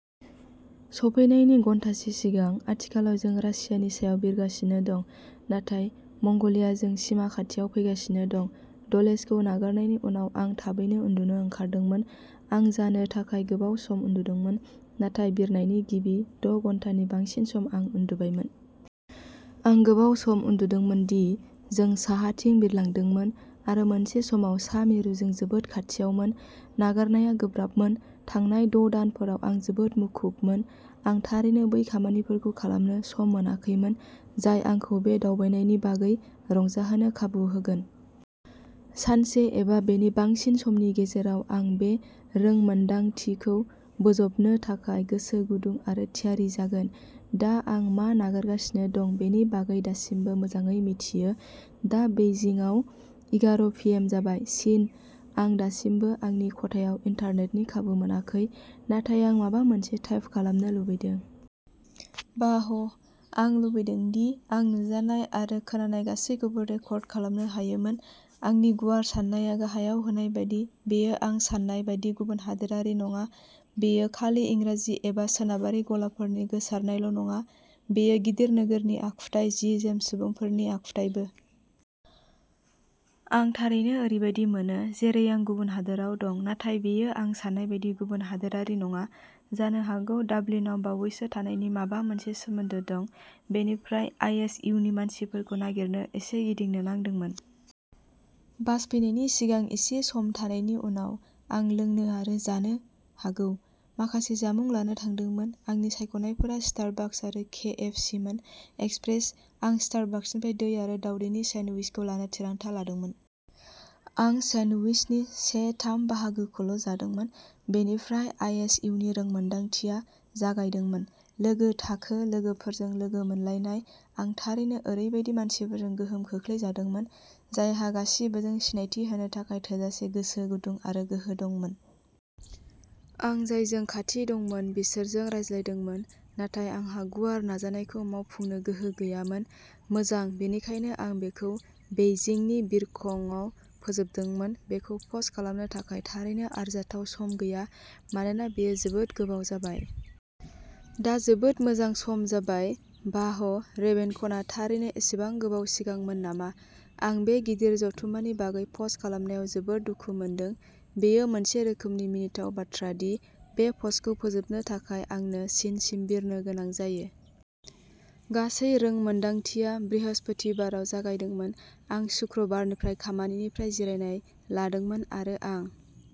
सफैनायनि घन्टासे सिगां। आथिखालाव जों रासियानि सायाव बिरगासिनो दं, नाथाय मंग'लियाजों सिमा खाथियाव फैगासिनो दं। डलेसखौ नागारनायनि उनाव, आं थाबैनो उन्दुनो ओंखारदोंमोन। आं जानो थाखाय गोबाव सम उन्दुदोंमोन, नाथाय बिरनायनि गिबि द' घन्टानि बांसिन सम, आं उन्दुबायमोन। आं गोबाव सम उन्दुदोंमोन दि जों साहाथिं बिरलांदोंमोन, आरो मोनसे समाव सा-मेरुजों जोबोद खाथियावमोन। नागारनाया गोब्राबमोन। थांनाय द'दानफोराव आं जोबोद मुखुबमोन, आं थारैनो बै खामानिफोरखौ खालामनो सम मोनाखैमोन जाय आंखौ बे दावबायनायनि बागै रंजाहोनो खाबु होगोन। सानसे एबा बेनि बांसिन समनि गेजेराव आं बे रोंमोनदांथिखौ बोजबनो थाखाय गोसो गुदुं आरो थियारि जागोन। दा, आं मा नागारगासिनो दं बेनि बागै दासिमबो मोजाङै मिथियो। दा बेइजिंआव इगार' पि एम जाबाय। चीन। आं दासिमबो आंनि खथायाव इन्टारनेटनि खाबु मोनाखै, नाथाय आं माबा मोनसे टाइप खालामनो लुबैदों। बाह। आं लुबैदों दि आं नुजानाय आरो खोनानाय गासैबोखौ रेकर्ड खालामनो हायोमोन। आंनि गुवार साननाया गाहायाव होनाय बायदि, बेयो आं सान्नाय बायदि गुबुन हादोरारि नङा। बेयो खालि इंराजि एबा सोनाबारि गलाफोरनि गोसारनायल'नङा, बेयो गिदिर नोगोरनि आखुथाय, जि-जोम, सुबुंफोरनि आखुथायबो। आं थारैनो ओरैबादि मोनो जेरै आं गुबुन हादोराव दं, नाथाय बेयो आं सान्नाय बायदि गुबुन हादोरारि नङा। जानो हागौ डाबलिनआव बावैसो थानायनि माबा मोनसे सोमोन्दो दं। बेनिफ्राय, आइ. एस. इउ. नि मानसिफोरखौ नागिरनो एसे गिदिंनो नांदोंमोन। बास फैनायनि सिगां एसे सम थानायनि उनाव, आं लोंनो आरो जानो हागौ माखासे जामुं लानो थांदोंमोन, आंनि सायख'नायफोरा स्टारबाकस आरो के. एफ. सि. मोन। एक्सप्रेस। आं स्टारबाकसनिफ्राय दै आरो दावदैनि सेन्डविचखौ लानो थिरांथा लादोंमोन। आं सेन्डविचनि से थाम बाहागोखौल'जादोंमोन। बेनिफ्राय आइ. एस. इउ. नि रोंमोनदांथिया जागायदोंमोन। लोगो थाखो लोगोफोरजों लोगो मोनलायनाय। आं थारैनो ओरैबायदि मानसिफोरजों गोहोम खोख्लैजादोंमोन, जायहा गासिबोजों सिनायथि होनो थाखाय थोजासे गोसो गुदुं आरो गोहो दंमोन। आं जायजों खाथि दंमोन बिसोरजों रायज्लायदोंमोन, नाथाय आंहा गुवार नाजानायखौ मावफुंनो गोहो गैयामोन। मोजां, बेनिखायनो आं बेखौ बेइजिंनि बिरखंाव फोजोबदोंमोन। बेखौ पस्ट खालामनो थाखाय थारैनो आरजाथाव सम गैया मानोना बेयो जोबोद गोबाव जाबाय। दा जोबोद मोजां सम जाबाय। बाह, रेभेनकनआ थारैनो एसेबां गोबाव सिगांमोन नामा? आं बे गिदिर जथुम्मानि बागै पस्ट खालामनायाव जोबोद दुखु मोनदों। बेयो मोनसे रोखोमनि मिनिथाव बाथ्रा दि बे पस्टखौ फोजोबनो थाखाय आंनो चीनसिम बिरनो गोनां जायो। गासै रोंमोनदांथिया बृहस्पतिबाराव जागायदोंमोन। आं शुक्रबारनिफ्राय खामानिनिफ्राय जिरायनाय लादोंमोन, आरो आं